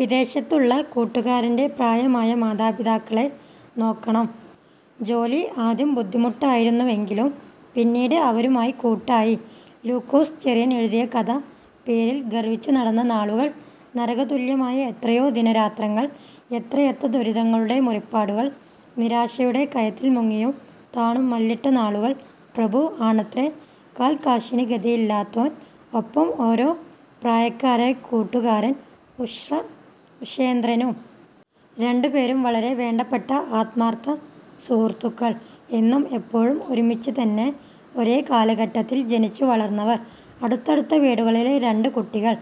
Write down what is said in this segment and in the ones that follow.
'വിദേശത്തുള്ള കൂട്ടൂകാരന്റെ പ്രായമായ മാതാപിതാക്കളെ നോക്കണം; ജോലി ആദ്യം ബുദ്ധിമുട്ടായിരുന്നുവെങ്കിലും പിന്നീട് അവരുമായി കൂട്ടായി... ' ലൂക്കോസ് ചെറിയാൻ എഴുതിയ കഥ പേരിൽ ഗർവിച്ചു നടന്ന നാളുകൾ, നരക തുല്യമായ എത്രയോ ദിനരാത്രങ്ങൾ, എത്രയെത്ര ദുരിതങ്ങളുടെ മുറിപ്പാടുകൾ, നിരാശയുടെ കയത്തിൽ മുങ്ങിയും താണും മല്ലിട്ട നാളുകൾ 'പ്രഭു' ആണത്രേ, കാൽ കാശിന് ഗതിയില്ലാത്തോൻ, ഒപ്പം ഒരേ പ്രായക്കാരനായ കൂട്ടുകാരൻ 'ഉഷേന്ദ്രനും'. രണ്ടുപേരും വളരെ വേണ്ടപ്പെട്ട ആത്മാർഥ സുഹൃത്തുക്കൾ. എന്നും എപ്പോഴും ഒരുമിച്ച്തന്നെ ഒരേ കാലഘട്ടത്തിൽ ജനിച്ചു വളർന്നവർ, അടുത്തടുത്ത വീടുകളിലെ രണ്ടു കുട്ടികൾ,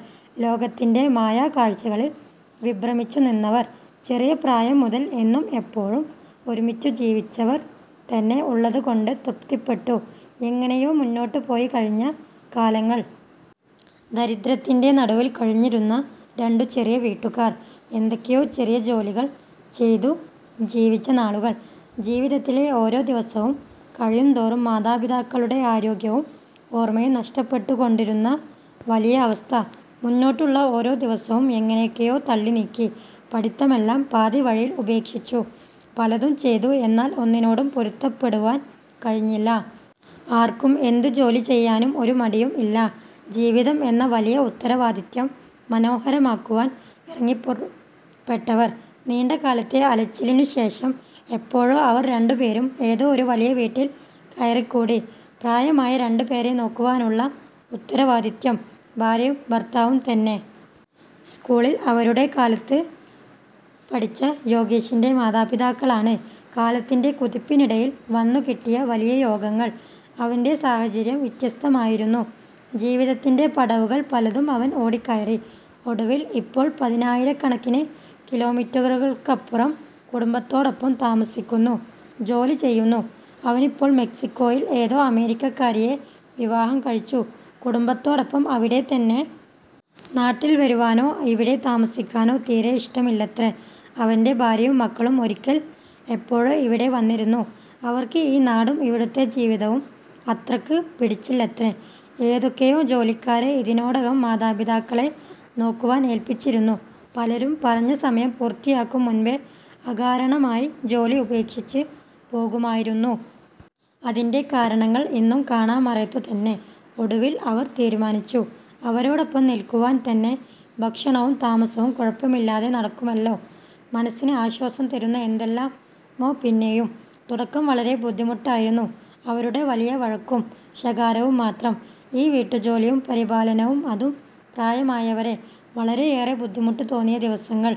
ലോകത്തിന്റെ മായാ കാഴ്ച്ചകളിൽ വിഭ്രമിച്ചു നിന്നവർ. ചെറിയ പ്രായം മുതൽ എന്നും എപ്പോഴും ഒരുമിച്ചു ജീവിച്ചവർ തന്നെ, ഉള്ളതുകൊണ്ട് തൃപ്തിപ്പെട്ടു എങ്ങനെയോ മുന്നോട്ട് പോയ കഴിഞ്ഞ കാലങ്ങൾ... ദാരിദ്ര്യത്തിന്റെ നടുവിൽ കഴിഞ്ഞിരുന്ന രണ്ടു ചെറിയ വീട്ടുകാർ, എന്തൊക്കെയോ ചെറിയ ജോലികൾ ചെയ്തു ജീവിച്ച നാളുകൾ, ജീവിതത്തിലെ ഓരോ ദിവസവും കഴിയും തോറും മാതാപിതാക്കളുടെ ആരോഗ്യവും ഓർമയും നഷ്ടപ്പെട്ടുകൊണ്ടിരുന്ന വലിയ അവസ്ഥ, മുന്നോട്ടുള്ള ഓരോ ദിവസവും എങ്ങനെയൊക്കെയോ തള്ളി നീക്കി. പഠിത്തമെല്ലാം പാതി വഴിയിൽ ഉപേക്ഷിച്ചു, പലതും ചെയ്തു എന്നാൽ ഒന്നിനോടും പൊരുത്തപ്പെടുവാൻ കഴിഞ്ഞില്ല. ആർക്കും എന്തു ജോലി ചെയ്യാനും ഒരു മടിയും ഇല്ല, ജീവിതം എന്ന വലിയ ഉത്തരവാദിത്വം മനോഹരമാക്കുവാൻ ഇറങ്ങി പുറപ്പെട്ടവർ. നീണ്ട കാലത്തെ അലച്ചിലിന് ശേഷം എപ്പോഴോ അവർ രണ്ടുപേരും ഏതോ ഒരു വലിയ വീട്ടിൽ കയറിക്കൂടി. പ്രായമായ രണ്ടുപേരെ നോക്കുവാനുള്ള ഉത്തരവാദിത്വം, ഭാര്യയും ഭർത്താവും തന്നെ. സ്കൂളിൽ അവരുടെ കാലത്ത് പഠിച്ച യോഗേഷിന്റെ മാതാപിതാക്കളാണ്. കാലത്തിന്റെ കുതിപ്പിനിടയിൽ വന്നു കിട്ടിയ വലിയ യോഗങ്ങൾ. അവന്റ സാഹചര്യം വ്യത്യസ്തമായിരുന്നു, ജീവിതത്തിന്റെ പടവുകൾ പലതും അവൻ ഓടി കയറി, ഒടുവിൽ ഇപ്പോൾ പതിനായിരക്കണക്കിന് കിലോമീറ്ററുകൾക്കപ്പുറം കുടുംബത്തോടൊപ്പം താമസിക്കുന്നു, ജോലി ചെയ്യുന്നു. അവനിപ്പോൾ മെക്സിക്കോയിൽ ഏതോ അമേരിക്കക്കാരിയെ വിവാഹം കഴിച്ചു, കുടുംബത്തോടൊപ്പം, അവിടെത്തന്നെ. നാട്ടിൽ വരുവാനോ ഇവിടെ താമസിക്കാനോ തീരെ ഇഷ്ടമില്ലത്രേ, അവന്റെ ഭാര്യയും മക്കളും ഒരിക്കൽ എപ്പോഴോ ഇവിടെ വന്നിരുന്നു. അവർക്ക് ഈ നാടും ഇവിടുത്തെ ജീവിതവും അത്രക്ക് പിടിച്ചില്ലത്രേ. ഏതൊക്കെയോ ജോലിക്കാരെ ഇതിനോടകം മാതാപിതാക്കളെ നോക്കുവാൻ ഏൽപ്പിച്ചിരുന്നു. പലരും പറഞ്ഞ സമയം പൂർത്തിയാക്കും മുൻപേ അകാരണമായി ജോലി ഉപേക്ഷിച്ചു പോകുമായിരുന്നു. അതിന്റെ കാരണങ്ങൾ ഇന്നും കാണാമറയത്തുതന്നെ. ഒടുവിൽ അവർ തീരുമാനിച്ചു അവരോടൊപ്പം നിൽക്കുവാൻ തന്നെ, ഭക്ഷണവും താമസവും കുഴപ്പമില്ലാതെ നടക്കുമല്ലോ, മനസ്സിന് ആശ്വാസം തരുന്ന എന്തെല്ലാമോ പിന്നെയും. തുടക്കം വളരെ ബുദ്ധിമുട്ടായിരുന്നു, അവരുടെ വലിയ വഴക്കും ശകാരവും മാത്രം, ഈ വീട്ടുജോലിയും പരിപാലനവും അതും പ്രായമായവരെ, വളരെയേറെ ബുദ്ധിമുട്ട് തോന്നിയ ദിവസങ്ങൾ.